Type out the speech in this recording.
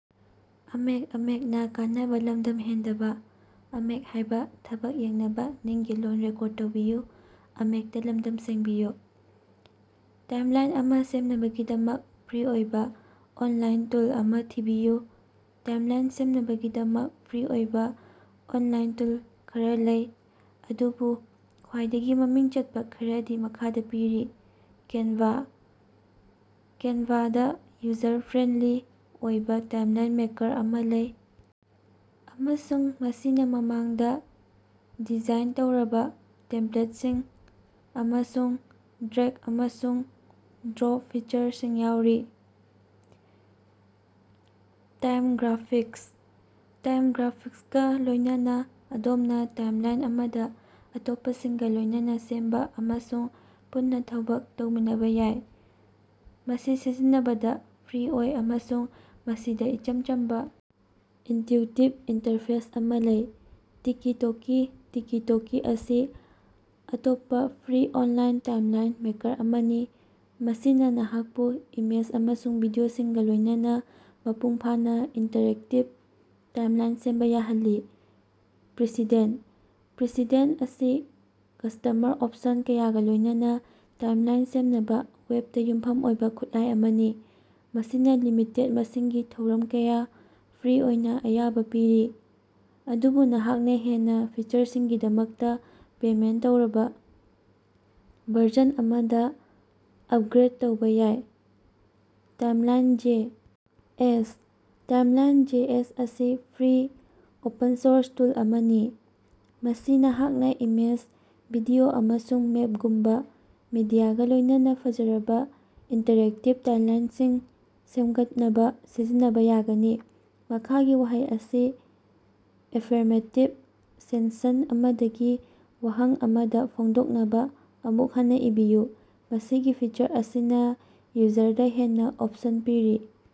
Timeline ꯑꯃ ꯁꯦꯝꯅꯕꯒꯤꯗꯃꯛ free ꯑꯣꯏꯕ ꯑꯣꯟꯂꯥꯏꯟ ꯇꯨꯜ ꯑꯃ ꯊꯤꯕꯤꯌꯨ꯫ ꯇꯥꯏꯝꯂꯥꯏꯟ ꯁꯦꯝꯅꯕꯒꯤꯗꯃꯛ ꯐ꯭ꯔꯤ ꯑꯣꯏꯕ ꯑꯣꯟꯂꯥꯏꯟ ꯇꯨꯜ ꯈꯔ ꯂꯩ, ꯑꯗꯨꯕꯨ ꯈ꯭ꯋꯥꯏꯗꯒꯤ ꯃꯃꯤꯡ ꯆꯠꯄ ꯈꯔꯗꯤ ꯃꯈꯥꯗ ꯄꯤꯔꯤ: ꯀꯦꯟꯚꯥ: ꯀꯦꯟꯚꯥꯗ ꯌꯨꯖꯔ ꯐ꯭ꯔꯦꯟꯗꯂꯤ ꯑꯣꯏꯕ ꯇꯥꯏꯝꯂꯥꯏꯟ ꯃꯦꯀꯔ ꯑꯃ ꯂꯩ ꯑꯃꯁꯨꯡ ꯃꯁꯤꯅ ꯃꯃꯥꯡꯗ ꯗꯤꯖꯥꯏꯟ ꯇꯧꯔꯕ ꯇꯦꯝꯄꯂꯦꯠꯁꯤꯡ ꯑꯃꯁꯨꯡ ꯗ꯭ꯔꯦꯒ ꯑꯃꯁꯨꯡ ꯗ꯭ꯔꯣꯞ ꯐꯤꯆꯔꯁꯤꯡ ꯌꯥꯎꯔꯤ꯫ ꯇꯥꯏꯝꯒ꯭ꯔꯥꯐꯤꯛꯁ: ꯇꯥꯏꯝꯒ꯭ꯔꯥꯐꯤꯛꯁꯀ ꯂꯣꯏꯅꯅ ꯑꯗꯣꯝꯅ ꯇꯥꯏꯝꯂꯥꯏꯟ ꯑꯃꯗ ꯑꯇꯣꯞꯄꯁꯤꯡꯒ ꯂꯣꯏꯅꯅ ꯁꯦꯝꯕ ꯑꯃꯁꯨꯡ ꯄꯨꯟꯅ ꯊꯕꯛ ꯇꯧꯃꯤꯟꯅꯕ ꯌꯥꯏ꯫ ꯃꯁꯤ ꯁꯤꯖꯤꯟꯅꯕꯗ ꯐ꯭ꯔꯤ ꯑꯣꯏ ꯑꯃꯁꯨꯡ ꯃꯁꯤꯗ ꯏꯆꯝ ꯆꯝꯕ, ꯏꯟꯇ꯭ꯌꯨꯇꯤꯞ ꯏꯟꯇꯔꯐꯦꯁ ꯑꯃꯥ ꯂꯩ꯫ ꯇꯤꯀꯤ-ꯇꯣꯀꯤ: ꯇꯤꯀꯤ-ꯇꯣꯀꯤ ꯑꯁꯤ ꯑꯇꯣꯞꯄꯥ ꯐ꯭ꯔꯤ ꯑꯣꯅꯂꯥꯏꯟ ꯇꯥꯏꯝꯂꯥꯏꯟ ꯃꯦꯀꯔ ꯑꯃꯅꯤ ꯃꯁꯤꯅ ꯅꯍꯥꯛꯄꯨ ꯏꯃꯦꯖ ꯑꯃꯁꯨꯡ ꯚꯤꯗꯤꯑꯣꯁꯤꯡꯒ ꯂꯣꯏꯅꯅ ꯃꯄꯨꯡ ꯐꯥꯅ ꯏꯟꯇꯔꯦꯛꯇꯤꯚ ꯇꯥꯏꯝꯂꯥꯏꯟ ꯁꯦꯝꯕ ꯌꯥꯍꯜꯂꯤ꯫ ꯄ꯭ꯔꯤꯁꯤꯗꯦꯟ: ꯄ꯭ꯔꯤꯁꯦꯗꯦꯟ ꯑꯁꯤ ꯀꯁ꯭ꯇꯃꯔ ꯑꯣꯞꯁꯟ ꯀꯌꯥꯒ ꯂꯣꯏꯅꯅ ꯇꯥꯏꯝꯂꯥꯏꯟ ꯁꯦꯝꯅꯕ ꯋꯦꯕꯇ ꯌꯨꯝꯐꯝ ꯑꯣꯏꯕ ꯈꯨꯠꯂꯥꯏ ꯑꯃꯅꯤ꯫ ꯃꯁꯤꯅ ꯂꯤꯃꯤꯇꯦꯠ ꯃꯁꯤꯡꯒꯤ ꯊꯧꯔꯝ ꯀꯌꯥ ꯐ꯭ꯔꯤ ꯑꯣꯏꯅ ꯑꯌꯥꯕꯥ ꯄꯤꯔꯤ, ꯑꯗꯨꯕꯨ ꯅꯍꯥꯛꯅ ꯍꯦꯟꯅ ꯐꯤꯆꯔꯁꯤꯡꯒꯤꯗꯃꯛꯇ ꯄꯦꯃꯦꯟꯠ ꯇꯧꯔꯕ ꯚꯔꯖꯟ ꯑꯃꯗ ꯑꯞꯒ꯭ꯔꯦꯗ ꯇꯧꯕ ꯌꯥꯏ꯫ Timeline J. ꯑꯦꯁ. ꯇꯥꯏꯝꯂꯥꯏꯟꯖꯦꯑꯦꯁ ꯑꯁꯤ ꯐ꯭ꯔꯤ, ꯑꯣꯄꯟ-ꯁꯣꯔꯁ ꯇꯨꯜ ꯑꯃꯅꯤ, ꯃꯁꯤ ꯅꯍꯥꯛꯅ ꯏꯃꯦꯖ, ꯚꯤꯗꯤꯑꯣ, ꯑꯃꯁꯨꯡ ꯃꯦꯞꯒꯨꯝꯕꯥ ꯃꯤꯗꯤꯌꯥꯒꯥ ꯂꯣꯏꯅꯅ ꯐꯖꯔꯕ ꯏꯟꯇꯔꯦꯛꯇꯤꯚ ꯇꯥꯏꯝꯂꯥꯏꯅꯁꯤꯡ ꯁꯦꯝꯒꯠꯅꯕ ꯁꯤꯖꯤꯟꯅꯕ ꯌꯥꯒꯅꯤ꯫ ꯃꯈꯥꯒꯤ ꯋꯥꯍꯩ ꯑꯁꯤ ꯑꯦꯐꯦꯔꯃꯦꯇꯤꯚ ꯁꯦꯟꯁꯟ ꯑꯃꯗꯒꯤ ꯋꯥꯍꯪ ꯑꯃꯗ ꯍꯣꯡꯗꯣꯛꯅꯕ ꯑꯃꯨꯛ ꯍꯟꯅ ꯏꯕꯤꯌꯨ꯫ ꯃꯁꯤꯒꯤ ꯐꯤꯆꯔ ꯑꯁꯤꯅ ꯌꯨꯖꯔꯗ ꯍꯦꯟꯅ ꯑꯣꯞꯁꯟ ꯄꯤꯔꯤ꯫